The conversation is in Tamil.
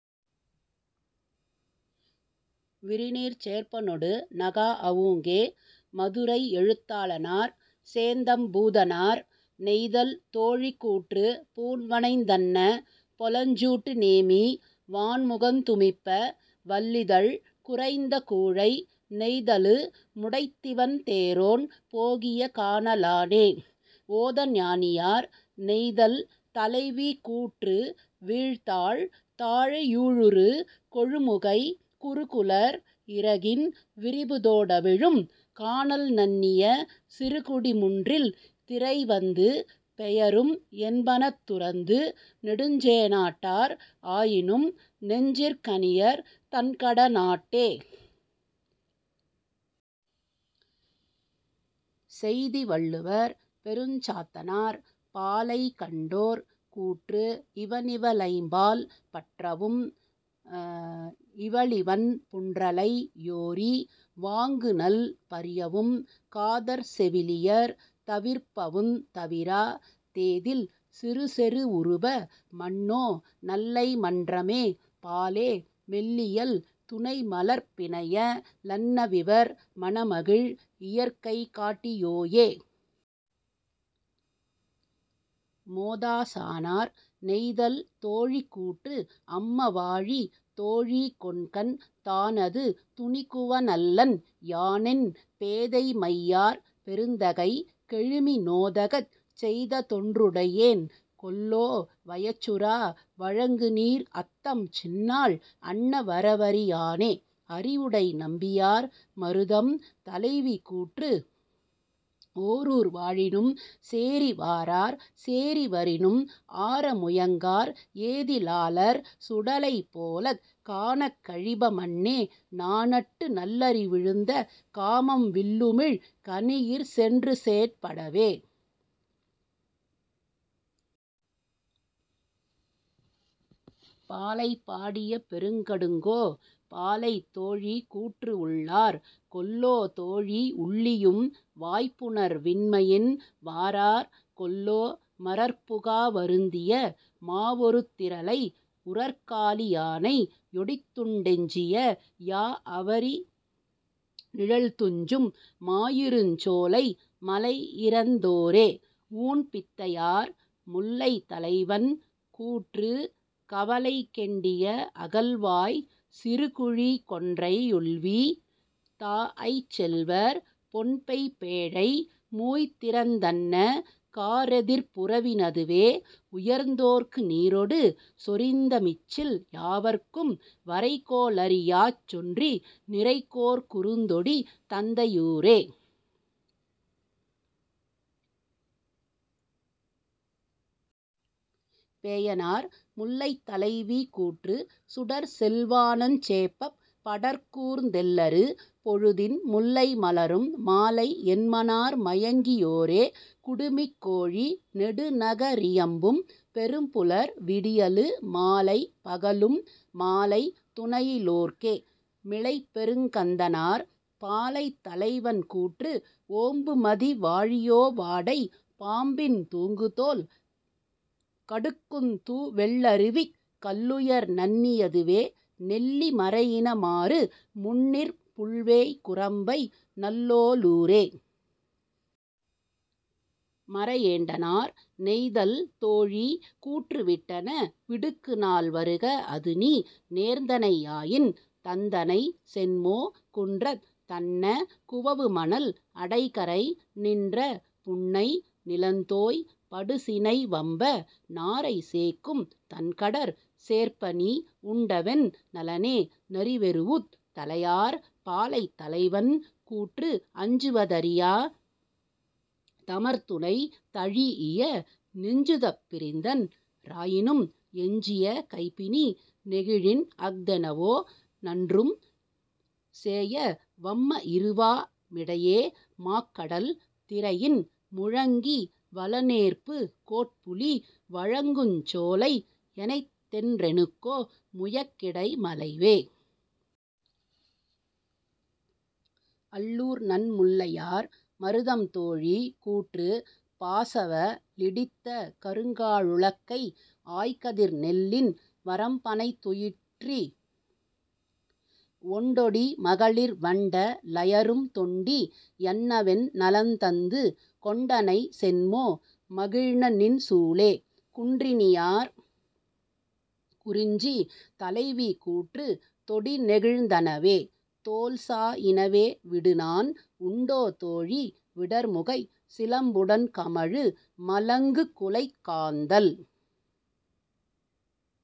விரிநீர்ச் சேர்ப்பனொடு நகாஅ வூங்கே. -மதுரை எழுத்தாளனார் சேந்தம்பூதனார்.. நெய்தல் தோழி கூற்று பூண்வனைந் தன்ன பொலஞ்சூட்டு நேமி வாண்முகந் துமிப்ப வள்ளிதழ் குறைந்த கூழை நெய்தலு முடைத்திவண் தேரோன் போகிய கான லானே. -ஓதஞானியார்.. நெய்தல் தலைவி கூற்று வீழ்தாழ் தாழை யூழுறு கொழுமுகை குருகுளர் இறகின் விரிபுதோ டவிழும் கானல் நண்ணிய சிறுகுடி முன்றில் திரைவந்து பெயரும் என்பநத் துறந்து நெடுஞ்சே ணாட்டார் ஆயினும் நெஞ்சிற் கணியர் தண்கட னாட்டே. -செய்தி வள்ளுவர் பெருஞ்சாத்தனார்.. பாலை கண்டோர் கூற்று இவனிவ ளைம்பால் பற்றவும் இவளிவன் புன்றலை யோரி வாங்குநள் பரியவும் காதற் செவிலியர் தவிர்ப்பவுந் தவிரா தேதில் சிறுசெரு வுறுப மன்னோ நல்லைமன் றம்ம பாலே மெல்லியல் துணைமலர்ப் பிணைய லன்னவிவர் மணமகிழ் இயற்கை காட்டி யோயே. -மோதாசானார்.. நெய்தல் தோழி கூற்று அம்ம வாழி தோழி கொண்கன் தானது துணிகுவ னல்லன் யானென் பேதை மையாற் பெருந்தகை கெழுமி நோதகச் செய்ததொன் றுடையேன் கொல்லோ வயச்சுறா வழங்குநீர் அத்தம் சின்னாள் அன்ன வரவறி யானே. -அறிவுடை நம்பியார்.. மருதம் தலைவி கூற்று ஓரூர் வாழினும் சேரி வாரார் சேரி வரினும் ஆர முயங்கார் ஏதி லாளர் சுடலை போலக் காணாக் கழிப மன்னே நாணட்டு நல்லறி விழுந்த காமம் வில்லுமிழ் கணியிற் சென்றுசேட் படவே. -பாலைபாடிய பெருங்கடுங்கோ.. பாலை தோழி கூற்று உள்ளார் கொல்லோ தோழி உள்ளியும் வாய்ப்புணர் வின்மையின் வாரார் கொல்லோ மரற்புகா வருந்திய மாவெருத் திரலை உரற்கா லியானை யொடித்துண் டெஞ்சிய யாஅ வரிநிழல் துஞ்சும் மாயிருஞ் சோலை மலையிறந் தோரே. -ஊண் பித்தையார்.. முல்லை தலைவன் கூற்று கவலை கெண்டிய அகல்வாய்ச் சிறுகுழி கொன்றை யொள்வீ தாஅய்ச் செல்வர் பொன்பெய் பேழை மூய்திறந் தன்ன காரெதிர் புறவி னதுவே உயர்ந்தோர்க்கு நீரொடு சொரிந்த மிச்சில் யாவர்க்கும் வரைகோ ளறியாச் சொன்றி நிரைகோற் குறுந்தொடி தந்தை யூரே! -பேயனார்.. முல்லை தலைவி கூற்று சுடர்செல் வானஞ் சேப்பப் படர்கூர்ந் தெல்லறு பொழுதின் முல்லை மலரும் மாலை என்மனார் மயங்கி யோரே குடுமிக் கோழி நெடுநக ரியம்பும் பெரும்புலர் விடியலு மாலை பகலும் மாலை துணையி லோர்க்கே. -மிளைப்பெருங் கந்தனார்.. பாலை தலைவன் கூற்று ஓம்புமதி வாழியோ வாடை பாம்பின் தூங்குதோல் கடுக்குந் தூவெள் ளருவிக் கல்லுயர் நண்ணி யதுவே நெல்லி மரையின மாரு முன்றிற் புல்வேய் குரம்பை நல்லோ ளூரே. -மரயேண்டனார்.. நெய்தல் தோழி கூற்று விட்டென விடுக்குநாள் வருக அதுநீ நேர்ந்தனை யாயின் தந்தனை சென்மோ குன்றத் தன்ன குவவுமணல் அடைகரை நின்ற புன்னை நிலந்தோய் படுசினை வம்ப நாரை சேக்கும் தண்கடற் சேர்ப்பநீ உண்டவென் னலனே. -நரிவெரூஉத் தலையார்.. பாலை தலைவன் கூற்று அஞ்சுவ தறியா தமர்துணை தழீஇய நெஞ்சுதப் பிரிந்தன் றாயினும் எஞ்சிய கைபிணி நெகிழின்அஃ தெவனோ நன்றும் சேய வம்ம இருவா மிடையே மாக்கடல் திரையின் முழங்கி வலனேர்பு கோட்புலி வழங்குஞ் சோலை எனைத்தென் றெண்ணுகோ முயக்கிடை மலைவே. -அள்ளூர் நன்முல்லையார்.. மருதம் தோழி கூற்று பாசவ லிடித்த கருங்கா ழுலக்கை ஆய்கதிர் நெல்லின் வரம்பணைத் துயிற்றி ஒண்டொடி மகளிர் வண்ட லயரும் தொண்டி யன்னவென் நலந்தந்து கொண்டனை சென்மோ மகிழ்நநின் சூளே. -குன்றியனார்.. குறிஞ்சி தலைவி கூற்று தொடிநெகிழ்ந் தனவே தோள்சா யினவே விடுநாண் உண்டோ தோழி விடர்முகைச் சிலம்புடன் கமழு மலங்குகுலைக் காந்தள்